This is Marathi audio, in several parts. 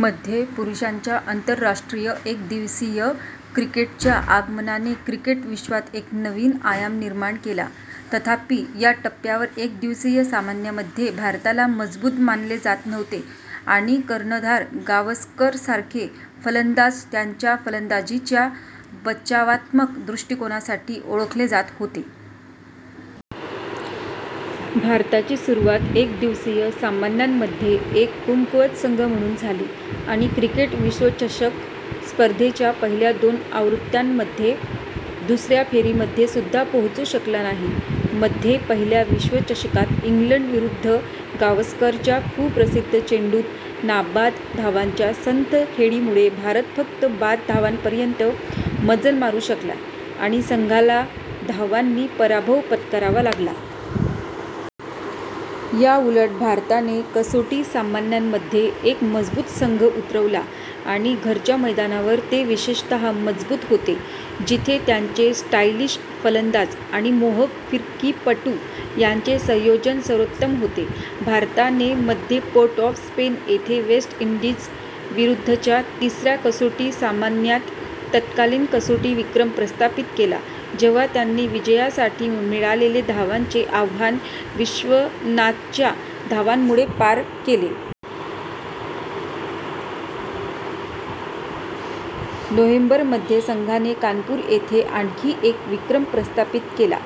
मध्ये पुरुषांच्या आंतरराष्ट्रीय एकदिवसीय क्रिकेट च्या आगमनाने क्रिकेट विश्वात एक नवीन आयाम निर्माण केला. तथापि, या टप्प्यावर एकदिवसीय सामन्यांमध्ये भारताला मजबूत मानले जात नव्हते आणि कर्णधार गावस्करसारखे फलंदाज त्यांच्या फलंदाजीच्या बचावात्मक दृष्टिकोनासाठी ओळखले जात होते. भारताची सुरुवात एकदिवसीय सामन्यांमध्ये एक कमकुवत संघ म्हणून झाली आणि क्रिकेट विश्वचषक स्पर्धेच्या पहिल्या दोन आवृत्त्यांमध्ये दुसऱ्या फेरीमध्ये सुद्धा पोहोचू शकला नाही. मध्ये पहिल्या विश्वचषकात इंग्लंडविरुद्ध गावस्करच्या कुप्रसिद्ध चेंडूत नाबाद धावांच्या संथ खेळीमुळे भारत फक्त बाद धावांपर्यंत मजल मारू शकला आणि संघाला धावांनी पराभव पत्करावा लागला.। याउलट, भारताने कसोटी सामन्यांमध्ये एक मजबूत संघ उतरवला आणि घरच्या मैदानावर ते विशेषतः मजबूत होते, जिथे त्यांचे स्टायलिश फलंदाज आणि मोहक फिरकीपटू यांचे संयोजन सर्वोत्तम होते. भारताने मध्ये पोर्ट-ऑफ-स्पेन येथे वेस्ट इंडीज विरुद्धच्या तिसऱ्या कसोटी सामन्यात तत्कालीन कसोटी विक्रम प्रस्थापित केला, जेव्हा त्यांनी विजयासाठी मिळालेले धावांचे आव्हान विश्वनाथच्या धावांमुळे पार केले. नोव्हेंबर मध्ये संघाने कानपूर येथे आणखी एक विक्रम प्रस्थापित केला.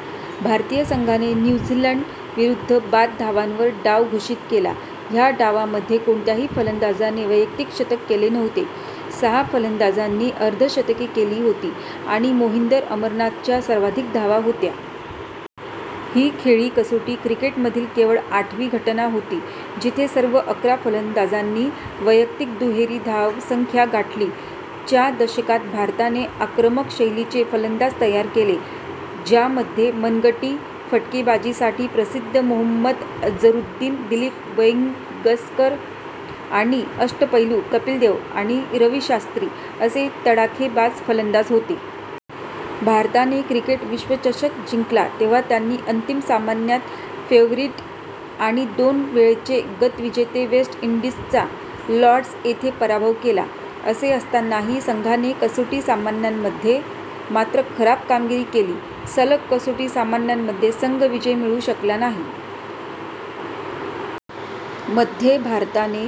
भारतीय संघाने न्यू झीलंड विरुद्ध बाद धावांवर डाव घोषित केला. ह्या डावामध्ये कोणत्याही फलंदाजाने वैयक्तिक शतक केले नव्हते. सहा फलंदाजांनी अर्धशतके केली होती, आणि मोहिंदर अमरनाथ च्या सर्वाधिक धावा होत्या. ही खेळी कसोटी क्रिकेटमधील केवळ आठवी घटना होती जिथे सर्व अकरा फलंदाजांनी वैयक्तिक दुहेरी धावसंख्या गाठली. च्या दशकात, भारताने आक्रमक शैलीचे फलंदाज तयार केले. ज्यामध्ये मनगटी फटकेबाजीसाठी प्रसिद्ध मोहम्मद अझरुद्दीन, दिलीप वेंगसरकर आणि अष्टपैलू कपिल देव आणि रवी शास्त्री असे तडाखेबाज फलंदाज होते. भारताने क्रिकेट विश्वचषक जिंकला तेव्हा त्यांनी अंतिम सामन्यात फेव्हरिट आणि दोन वेळचे गतविजेते वेस्ट इंडीजचा लॉर्ड्स येथे पराभव केला. असे असतानाही, संघाने कसोटी सामन्यांमध्ये मात्र खराब कामगिरी केली. सलग कसोटी सामन्यांमध्ये संघ विजय मिळवू शकला नाही. मध्ये भारताने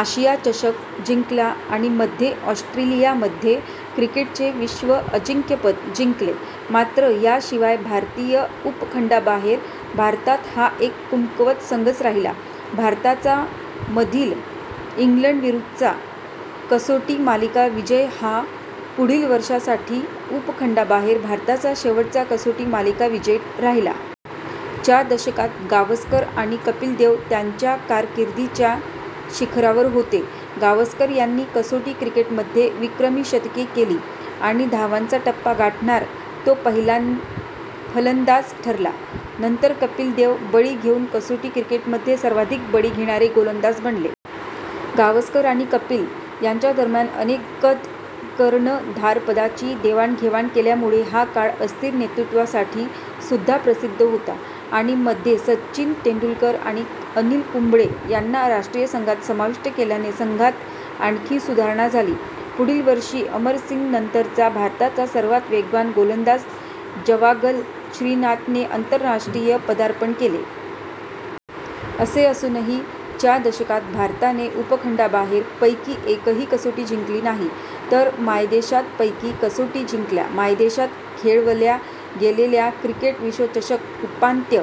आशिया चषक जिंकला आणि मध्ये ऑस्ट्रेलियामध्ये क्रिकेटचे विश्व अजिंक्यपद जिंकले. मात्र याशिवाय भारतीय उपखंडाबाहेर भारत हा एक कमकुवत संघच राहिला. भारताचा मधील इंग्लंड विरुद्धचा कसोटी मालिका विजय हा पुढील वर्षांसाठी उपखंडाबाहेर भारताचा शेवटचा कसोटी मालिका विजय राहिला. च्या दशकात गावस्कर आणि कपिल देव त्यांच्या कारकिर्दीच्या शिखरावर होते. गावस्कर यांनी कसोटी क्रिकेट मध्ये विक्रमी शतके केली आणि धावांचा टप्पा गाठणारा तो पहिला फलंदाज ठरला. नंतर कपिल देव बळी घेऊन कसोटी क्रिकेटमध्ये सर्वाधिक बळी घेणारे गोलंदाज बनले. गावसकर आणि कपिल यांच्यादरम्यान अनेकद कर्णधारपदाची देवाणघेवाण केल्यामुळे हा काळ अस्थिर नेतृत्वासाठी सुद्धा प्रसिद्ध होता. आणि मध्ये सचिन तेंडुलकर आणि अनिल कुंबळे यांना राष्ट्रीय संघात समाविष्ट केल्याने संघात आणखी सुधारणा झाली. पुढील वर्षी, अमरसिंगनंतरचा भारताचा सर्वात वेगवान गोलंदाज जवागल श्रीनाथने आंतरराष्ट्रीय पदार्पण केले. असे असूनही, च्या दशकात, भारताने उपखंडाबाहेर पैकी एकही कसोटी जिंकली नाही तर मायदेशात पैकी कसोटी जिंकल्या. मायदेशात खेळवल्या गेलेल्या क्रिकेट विश्वचषक उपांत्य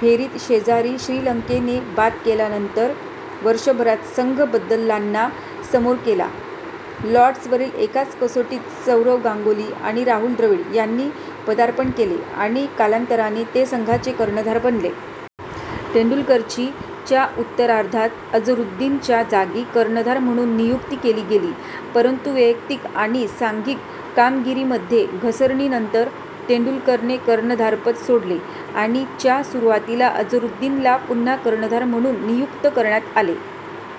फेरीत शेजारी श्रीलंकेने बाद केल्यानंतर, वर्षभरात संघ बदलांना समोर गेला. लॉर्ड्स वरील एकाच कसोटीत सौरव गांगुली आणि राहुल द्रविड यांनी पदार्पण केले आणि कालांतराने ते संघाचे कर्णधार बनले. तेंडुलकरची च्या उत्तरार्धात अझरुद्दीनच्या जागी कर्णधार म्हणून नियुक्ती केली गेली, परंतु वैयक्तिक आणि सांघिक कामगिरीमध्ये घसरणीनंतर तेंडुलकरने कर्णधारपद सोडले आणि च्या सुरुवातीला अझरुद्दीनला पुन्हा कर्णधार म्हणून नियुक्त करण्यात आले.